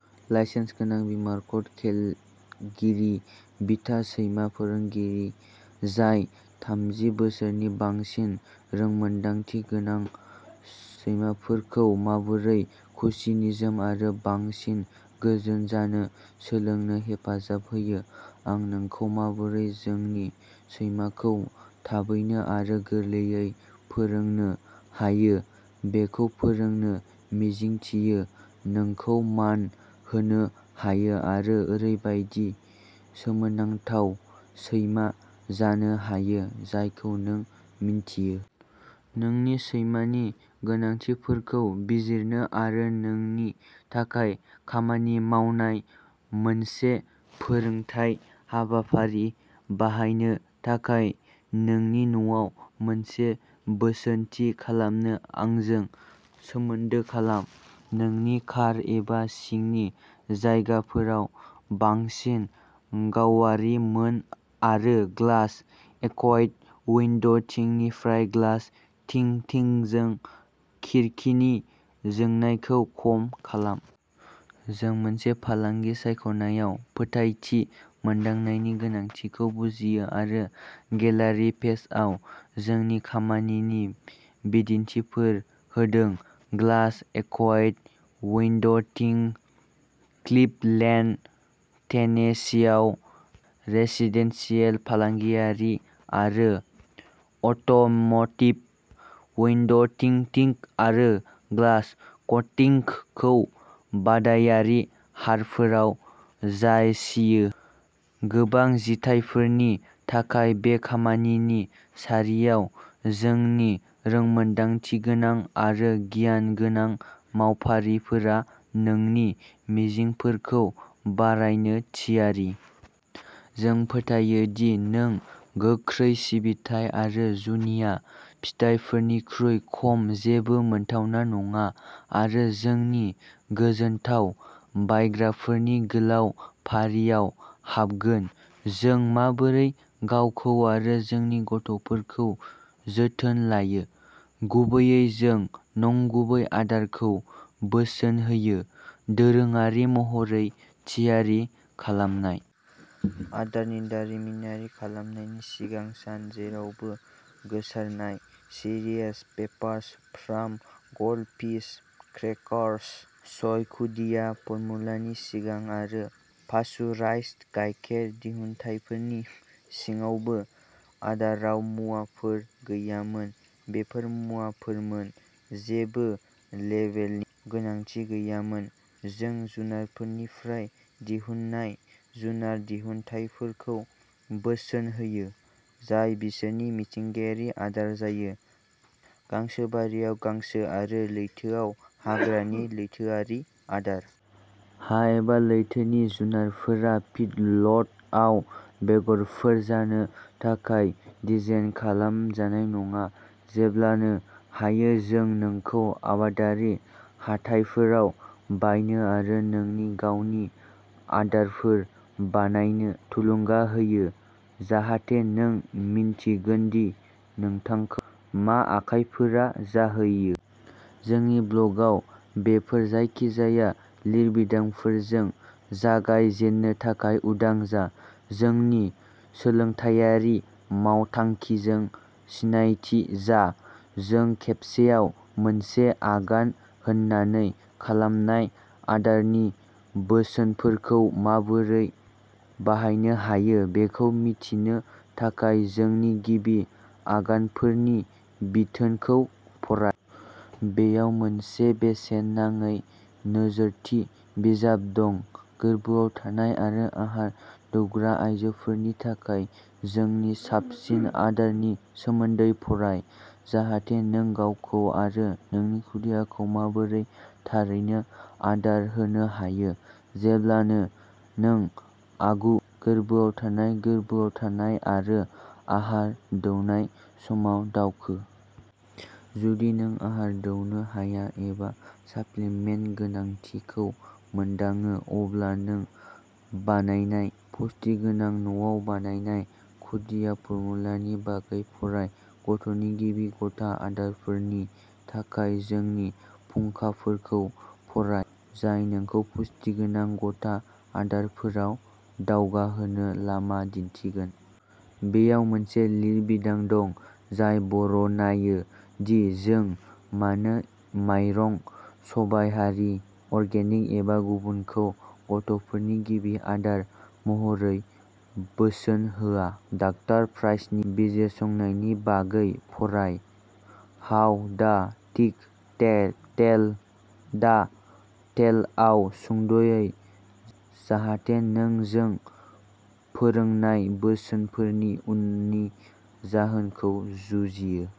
Licence गोनां बीमाकृत केलगेरी बिथा सैमा फोरोंगिरि जाय थामजि बोसोरनि बांसिन रोंमोन्दांथि गोनां, सैमाफोरखौ माबोरै खुसि, निजोम आरो बांसिन गोजोन जानो सोलोंनो हेफाजाब होयो। आं नोंखौ माबोरै नोंनि सैमाखौ थाबैनो आरो गोरलैयै फोरोंनो हायो बेखौ फोरोंनो मिजिंथियो, नोंखौ मान होनो हायो आरो ओरैबायदि सोमोनांथाव सैमा जानो हायो जायखौ नों मिन्थियो। नोंनि सैमानि गोनांथिफोरखौ बिजिरनो आरो नोंनि थाखाय खामानि मावनाय मोनसे फोरोंथाय हाबाफारि बानायनो थाखाय नोंनि न'आव मोनसे बोसोन थि खालामनो आंजों सोमोन्दो खालाम। नोंनि कार एबा सिंनि जायगाफोराव बांसिन गावारि मोन आरो ग्लास एक्ट उइन्ड'टिंनिफ्राय ग्लास टिंटिंगजों खिरखिनि जोंनायखौ खम खालाम। जों मोनसे फालांगि सायख'नायाव फोथायथि मोनदांनायनि गोनांथिखौ बुजियो आरो गेलारि पेजआव जोंनि खामानिनि बिदिन्थिफोर होदों। ग्लास एक्ट उइन्ड'टिं क्लिभलेन्ड, टेनेसीआव, रेसिदेन्सियेल, फालांगियारि आरो अट'म'टिभ उइन्ड'टिंटिंग आरो ग्लास कटिंगखौ बादायारि हारफोराव जासियो। गोबां जिथायफोरनि थाखाय बे खामानिनि सारियाव, जोंनि रोंमोन्दांथिगोनां आरो गियानगोनां मावगिरिफोरा नोंनि मिजिंफोरखौ बारायनो थियारि। जों फोथायो दि नों गोख्रै सिबिथाइ आरो जुनिया फिथायफोरनिख्रुइ खम जेबो मोनथावना नङा। आरो जोंनि गोजोनथाव बायग्राफोरनि गोलाव फारियाव हाबगोन। जों माबोरै गावखौ आरो जोंनि गथ'फोरखौ जोथोन लायो? गुबैयै, जों नंगुबै आदारखौ बोसोन होयो, दोरोङारि महरै थियारि खालामनाय। आदारनि दारिमिनारि खालामनायनि सिगां सान। जेरावबो गोसारनाय Cheerios, Pepperidge Farm Goldfish crackers, सय खुदिया फर्मुलानि सिगां आरो पास्चुराइज्ड गायखेर दिहुनथायफोरनि सिगाङावबो। आदाराव मुवाफोर गैयामोन, बेफोर मुवाफोरमोन। जेबो लेबेलनि गोनांथि गैयामोन। जों जुनारफोरनिफ्राय दिहुनजानाय जुनार दिहुनथायफोरखौ बोसोन होयो, जाय बिसोरनि मिथिंगायारि आदार जायो, गांसोबारिआव गांसो आरो लैथोआव हाग्रानि लैथोआरि आदार। हा एबा लैथोनि जुनारफोरा फिडलटआव बेगरफोर जानो थाखाय डिजाइन खालाम जानाय नङा। जेब्लानो हायो, जों नोंखौ आबादारि हाथाइफोराव बायनो आरो नोंनि गावनि आदारफोर बानायनो थुलुंगा होयो, जाहाथे नों मिन्थिगोन दि नोंथांखौ मा आखायफोरा जाहैयो। जोंनि ब्ल'गआव बेफोर जायखिजाया लिरबिदांफोरजों जागाय जेननो थाखाय उदां जा। जोंनि सोलोंथायारि मावथांखिजों सिनायथि जा। जों खेबसेआव मोनसे आगान होनानै खालामनाय आदारनि बोसोनफोरखौ माबोरै बाहायनो हायो बेखौ मिथिनो थाखाय जोंनि गिबि आगानफोरनि बिथोनखौ फराय। बेयाव मोनसे बेसेन नाङै नोजोरथि बिजाब दं। गोरबोआव थानाय आरो आहार दौग्रा आयजोफोरनि थाखाय जोंनि साबसिन आदारनि सोमोन्दै फराय, जाहाथे नों गावखौ आरो नोंनि खुदियाखौ माबोरै थारैनो आदार होनो हायो, जेब्ला नों आगु गोर्बोआव थानाय, गोर्बोआव थानाय आरो आहार दौनाय समाव दावखो। जुदि नों आहार दौनो हाया एबा साप्लिमेन्टनि गोनांथिखौ मोनदाङो, अब्ला नों बानायनाय पुष्टि गोनां न'आव बानायनाय खुदिया फर्मुलानि बागै फराय। गथ'नि गिबि गथा आदारफोरनि थाखाय जोंनि फुंखाफोरखौ फराय, जाय नोंखौ पुष्टि गोनां गथा आदारफोराव दावगाहोनो लामा दिन्थिगोन। बेयाव मोनसे लिरबिदां दं, जाय बरनायो दि जों मानो माइरं सबायहारि, अर्गेनिक एबा गुबुनखौ, गथ'फोरनि गिबि आदार महरै बोसोन होआ। डाक्टार प्राइसनि बिजिरसंनायनि बागै फराय, हाउ दा टीथ टेल दा टेलआव सुंद'यै, जाहाथे नों जों फोरोंनाय बोसोनफोरनि उननि जाहोनखौ बुजियो।